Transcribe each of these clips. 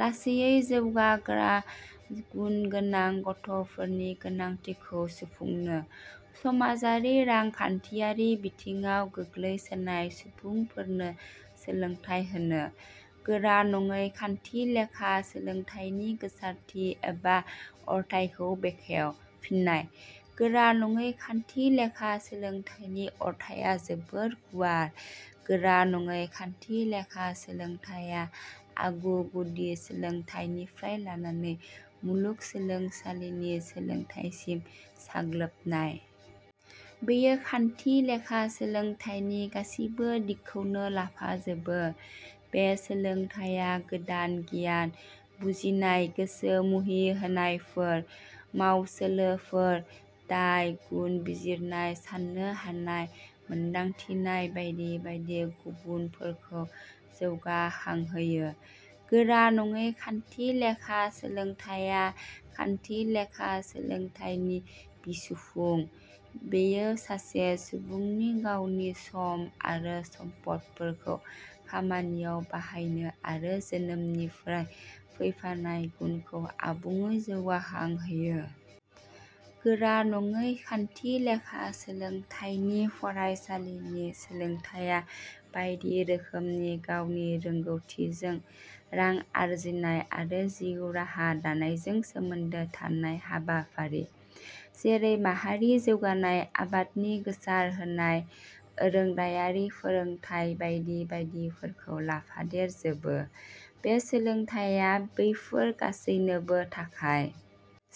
लासैयै जौगाग्रा गुनगोनां गथ'फोरनि गोनांथिखौ सुफुंनो।. समाजारि रांखान्थियारि बिथिङाव गोग्लैसोनाय सुबुंफोरनो सोलोंथाइ होनो।.गोरा नङै खान्थिलेखा सोलोंथाइनि गोसारथि एबा अरथाइखौ बेखेव। फिन्नाय: गोरा नङै खान्थिलेखा सोलोंथाइनि अरथाइया जोबोर गुवार। गोरा नङै खान्थिलेखा सोलोंथाइया आगु गुदि सोलोंथाइनिफ्राय लानानै मुलुगसोलोंसालिनि सोलोंथाइ सिम साग्लोबनाय। बेयो खान्थिलेखा सोलोंथाइनि गासिबो दिगखौनो लाफाजोबो। बे सोलोंथाइया गोदान गियान, बुजिनाय, गोसो मुहिहोनायफोर, मावसोलोफोर, दाय – गुन बिजिरनाय, साननो हानाय, मोनदांथिनाय बायदि बायदि गुबुनफोरखौ जौगाखांहोयो। गोरा नङै खान्थिलेखा सोलोंथाइया खान्थिलेखा सोलोंथाइनि बिसुफुं। बेयो सासे सुबुंनि गावनि सम आरो सम्पदफोरखौ खामानिआव बाहायनो आरो जोनोमनिफ्राय फैफानाय गुनखौ आबुङै जौगाखांहोयो। गोरा नङै खान्थिलेखा सोलोंथाइनि फरायसालिनि सोलोंथाइया बायदि रोखोमनि गावनि रोंगौथिजों रां आरजिनाय आरो जिउ राहा दानायजों सोमोन्दो थानाय हाबाफारि जेरै माहारि जौगानाय आबादनि गोसारहोनाय, आरोंदायारि फोरोंथाइ बायदि बायदिफोरखौ लाफादेर जोबो। बे सोलोंथाइया बैसोर गासैनोबो थाखाय।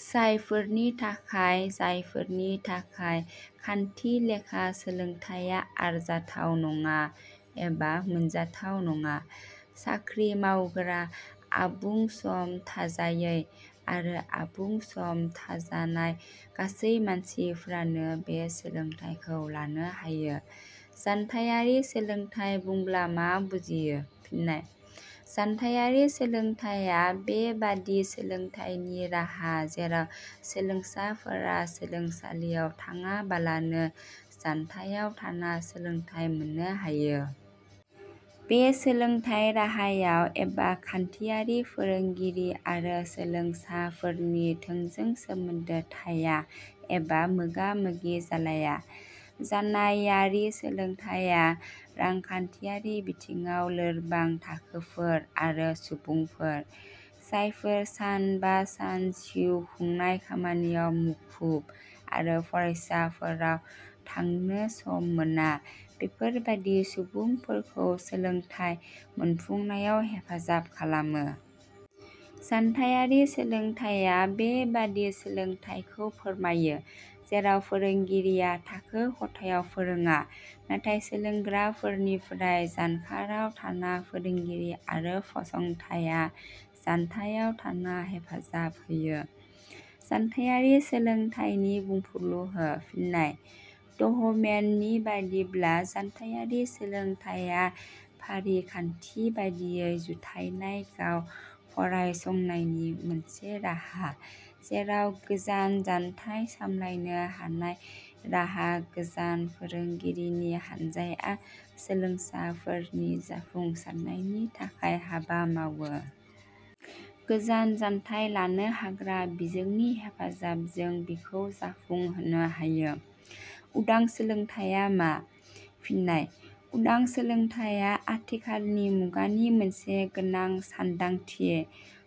जायफोरनि थाखाय जायफोरनि थाखाय खान्थिलेखा सोलोंथाइया आरजाथाव नङा एबा मोनथावना नङा। साख्रि मावग्रा, आबुं सम थाजायै आरो आबुं सम थाजानाय गासै मानसिफ्रानो बे सोलोंथाइखौ लानो हायो।. जानथाइयारि सोलोंथाइ बुंब्ला मा बुजियो? फिन्नाय: जानथाइयारि सोलोंथाइया बे बादि सोलोंथाइनि राहा जेराव सोलोंसाफोरा सोलोंसालियाव थांआबालानो जानथाइयाव थाना सोलोंथाइ मोननो हायो। बे सोलोंथाइ राहायाव एबा खान्थियाव फोरोंगिरि आरो सोलोंसाफोरनि थोंजों सोमोन्दो थाया एबा मोगा मोगि जालाया। जानायाइयारि सोलोंथाइया रांखान्थियारि बिथिङाव लोरबां थाखोफोर आरो सुबुंफोर, जायफोर सान बा सान जिउखुंनाय खामानियाव मुखुब आरो फरायसाफोराव थांनो सम मोना बेफोरबादि सुबुंफोरखौ सोलोंथाइ मोनफुंनायाव हेफाजाब खालामो। जानथाइयारि सोलोंथाइया बे बादि सोलोंथाइखौ फोरमायो जेराव फोरोंगिरिया थाखो खथायाव फोरोंआ, नाथाय सोलोंग्राफोरनिफ्राय जानखाराव थाना फोरोंगिरि आरो फसंथाइया जानथाइयाव थाना हेफाजाब होयो।.जानथाइयारि सोलोंथाइनि बुंफुरलु हो। फिन्नाय: दहमेन नि बादिब्ला, " जानथाइयारि सोलोंथाइया फारिखान्थि बादियै जुथायनाय गाव फरायसंनायनि मोनसे राहा जेराव गोजान जानथाइ सामलायनो हानाय राहा गोजान फोरोंगिरिनि हानजाया सोलोंसाफोरनि जाफुंसारनायनि थाखाय हाबा मावो। गोजान जानथाइ लानो हाग्रा बिजोंनि हेफाजाबजों बिखौ जाफुंहोनो हायो। ".उदां सोलोंथाइया मा? फिन्नाय: उदां सोलोंथाइया आथिखालनि मुगानि मोनसे गोनां सान्दांथि।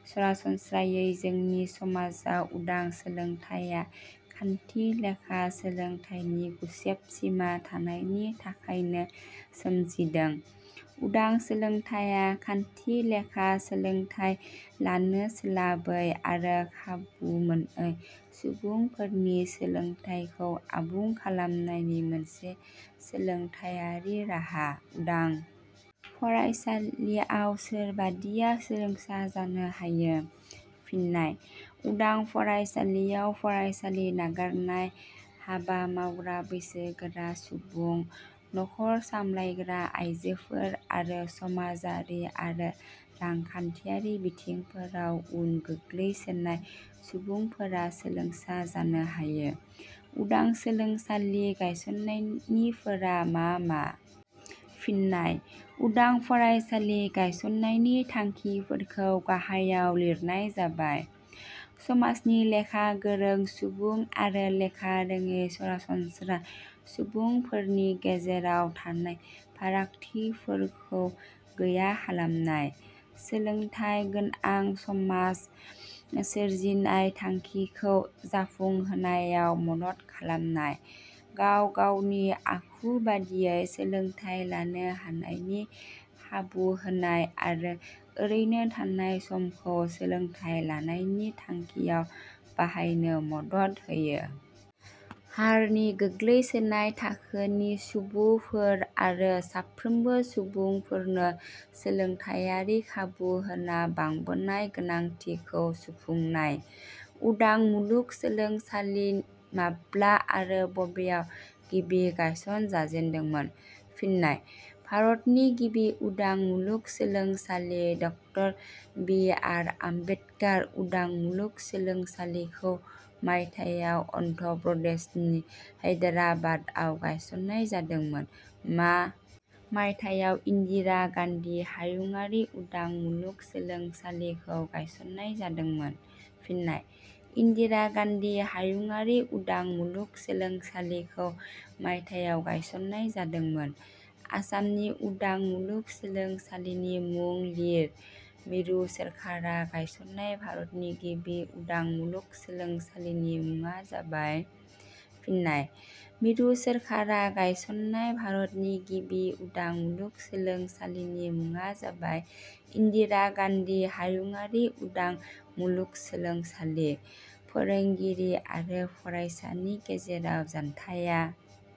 सरासनस्रायै जोंनि समाजाव उदां सोलोंथाइया खान्थिलेखा सोलोंथाइनि गुसेब सिमा थानायनि थाखायनो सोमजिदों। उदां सोलोंथाइया खान्थिलेखा सोलोंथाइ लानो सोलाबै आरो खाबु मोनै सुबुंफोरनि सोलोंथाइखौ आबुं खालामनायनि मोनसे सोलोंथाइयारि राहा।.उदां फरायसालियाव सोरबादिया सोलोंसा जानो हायो? फिन्नाय: उदां फरायसालियाव फरायसालि नागारनाय, हाबा मावग्रा बैसोगोरा सुबुं, नख 'र सामलायग्रा आइजोफोर आरो समाजारि आरो रांखान्थियारि बिथिंफोराव उन गोग्लैसोनाय सुबुंफोरा सोलोंसा जानो हायो।. उदां फरायसालि गायसननायनि फोरा मा मा? फिन्नाय :उदां फरायसालि गायसननायनि थांखिफोरखौ गाहायाव लिरनाय जाबाय:. समाजनि लेखा गोरों सुबुं आरो लेखा रोङै सरासनस्रा सुबुंफोरनि गेजेराव थानाय फारागथिफोरखौ गैया खालामनाय।. सोलोंथाइ गोनां समास सोरजिनाय थांखिखौ जाफुंहोनायाव मदद खालामनाय. गाव गावनि आखु बादियै सोलोंथाइ लानो हानायनि खाबु होनाय आरो ओरैनो थानाय समखौ सोलोंथाइ लानायनि थांखियाव बाहायनो मदद होयो।. हारनि गोग्लैसोनाय थाखोनि सुबुफोर आरो साफ्रोमबो सुबुंफोरनो सोलोंथाइयारि खाबुहोना बांबोनाय गोनांथिखौ सुफुंनाय।.उदां मुलुगसोलोंसालि माब्ला आरो बबेयाव गिबि गायसन जाजेनदोंमोन? फिन्नाय: भारतनि गिबि उदां मुलुगसोलोंसालि ड बि. आर. आम्बेदकार उदां मुलुगसोलोंसालिखौ मायथाइयाव अन्ध्र प्रदेशनि हैदराबादआव गायसननाय जादोंमोन।.मा मायथाइयाव इन्दिरा गान्धी हायुंङारि उदां मुलुगसोलोंसालिखौ गायसंनाय जादोंमोन? फिन्नाय: इन्दिरा गान्धी हायुंङारि उदां मुलुगसोलोंसालिखौ मायथाइयाव गायसननाय जादोंमोन।.आसामनि उदां मुलुगसोलोंसालिनि मुं लिर।.मिरु सोरखारा गायसननाय भारतनि गिबि उदां मुलुगसोलोंसालिनि मुंङा जाबाय………. फिन्नाय: मिरु सोरखारा गायसननाय भारतनि गिबि उदां मुलुगसोलोंसालिनि मुंङा जाबाय इन्दिरा गान्धी हायुंङारि उदां मुलुगसोलोंसालि।.फोरोंगिरि आरो फरायसानि गेजेराव जानथाइया……